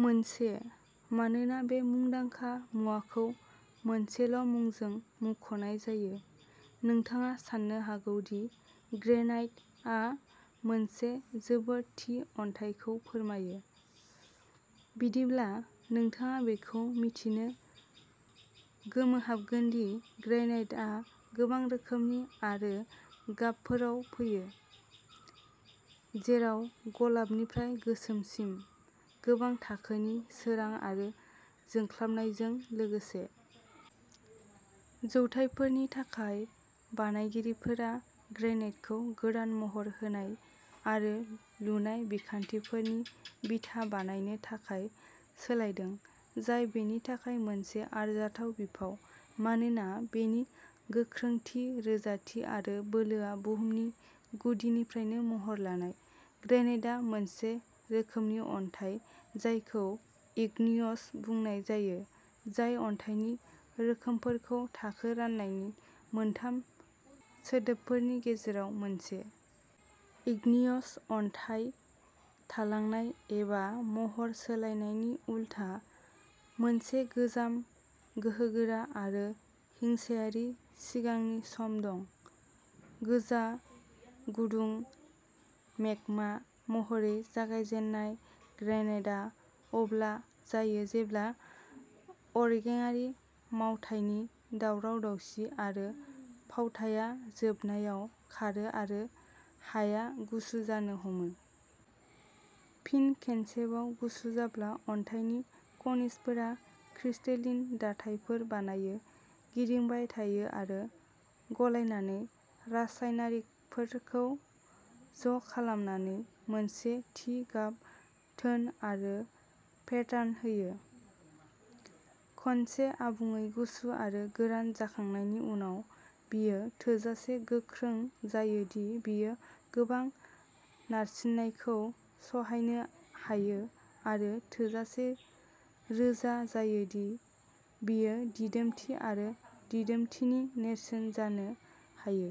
मोनसे मानोना बे मुंदांखा मुवाखौ मोनसेल'मुंजों मुंख'नाय जायो, नोंथाङा साननो हागौ दि "ग्रेनाइट" आ मोनसे जोबोद थि अन्थाइखौ फोरमायो। बिदिब्ला, नोंथाङा बेखौ मिथिनो गोमोहाबगोन दि ग्रेनाइटआ गोबां रोखोमनि आरो गाबफोराव फैयो, जेराव गलाबनिफ्राय गोसोमसिम, गोबां थाखोनि सोरां आरो जोंख्लाबनायजों लोगोसे। जौथायफोरनि थाखाय, बानायगिरिफोरा ग्रेनाइटखौ गोदान महर होनाय आरो लुनाय बिथांखिफोरनि बिथा बानायनो थाखाय सोलायदों, जाय बेनि थाखाय मोनसे आरजाथाव बिफाव, मानोना बेनि गोख्रोंथि, रोजाथि आरो बोलोआ बुहुमनि गुदिनिफ्रायनो महर लानाय। ग्रेनाइटआ मोनसे रोखोमनि अन्थाइ जायखौ इग्नियस बुंनाय जायो, जाय अन्थाइनि रोखोमफोरखौ थाखो रान्नायनि मोनथाम सोदोबफोरनि गेजेराव मोनसे। इग्नियस अन्थाइ, थालांनाय एबा महर सोलायनायनि उलथा, मोनसे गोजाम, गोहोगोरा आरो हिंसायारि सिगांनि सम दं। गोजा-गुदुं मेगमा महरै जागायजेन्नाय, ग्रेनाइटआ अब्ला जायो जेब्ला अरगेंआरि मावथायनि दावराव-दावसि आरो फावथाया जोबनायाव खारो आरो हाया गुसु जानो हमो। फिन खेनसेबाव गुसु जाब्ला, अन्थाइनि खनिजफोरा क्रिस्टेलिन दाथायफोर बानायो, गिदिंबाय थायो आरो गलायनानै रासायनारिकफोरखौ ज'खालामनानै मोनसे थि गाब, टोन आरो पेटार्न होयो। खनसे आबुङै गुसु आरो गोरान जाखांनायनि उनाव, बेयो थोजासे गोख्रों जायो दि बेयो गोबां नारसिननायखौ सहायनो हायो आरो थोजासे रोजा जायो दि बेयो दिदोमथि आरो दिदोमथिनि नेरसोन जानो हायो।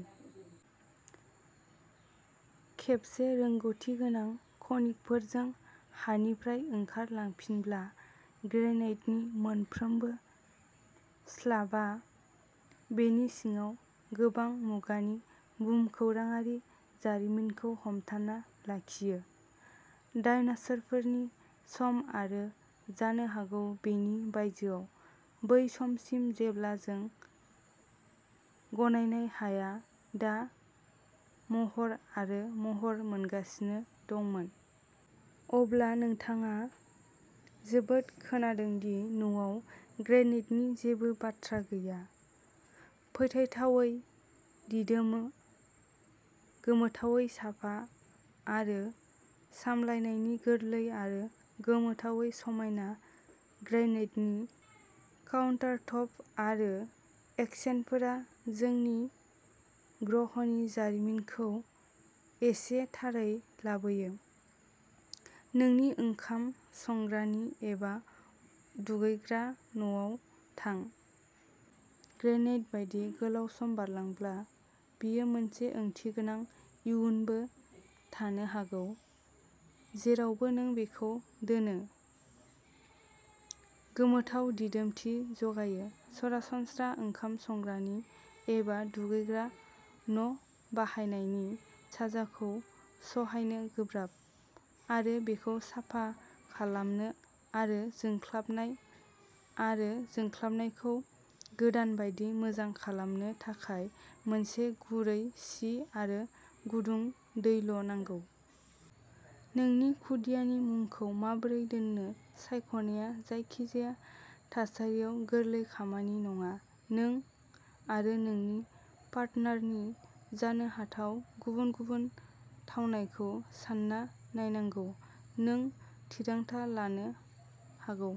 खेबसे रोंग'थि गोनां खनिकफोरजों हानिफ्राय ओंखार लांफिनब्ला, ग्रेनाइटनि मोनफ्रोमबो स्लाबआ बेनि सिङाव गोबां मुगानि भुमखौराङारि जारिमिनखौ हमथाना लाखियो, डायनासोरफोरनि सम आरो जानो हागौ बेनि बायजोआव, बै समसिम जेब्ला जों गनायनाय हाया दा महर आरो महर मोनगासिनो दंमोन। अब्ला, नोंथाङा जोबोद खोनादों दि न'आव ग्रेनाइटनि जेबो बाथ्रा गैया। फोथायथावै दिदोम, गोमोथावै साफा आरो सामलायनायनि गोरलै आरो गोमोथावै समायना, ग्रेनाइटनि काउन्टारटप आरो एक्सेन्टफोरा जोंनि ग्रहनि जारिमिनखौ एसे थारै लाबोयो। नोंनि ओंखाम संग्रानि एबा दुगैग्रा न'आव थां। ग्रेनाइट बायदि गोलाव सम बारलांब्ला, बेयो मोनसे ओंथिगोनां इयुनबो थानो हागौ, जेरावबो नों बेखौ दोनो, गोमोथाव दिदोमथि जगायो। सरासनस्रा ओंखाम संग्रानि एबा दुगैग्रा न'बाहायनायनि साजाखौ सहायनो गोब्राब, आरो बेखौ साफा खालामनो आरो जोंख्लाबनाय आरो जोंख्लाबनायखौ गोदान बायदि मोजां खालामनो थाखाय मोनसे गुरै जि आरो गुदुं दैल'नांगौ। नोंनि खुदियानि मुंखौ माबोरै दोन्नो सायख'नाया जायखिजाया थासारियाव गोरलै खामानि नङा नों आरो नोंनि पार्टनारनि जानो हाथाव गुबुन गुबुन थावनायखौ सान्ना नायनांगौ, नों थिरांथा लानो हागौ।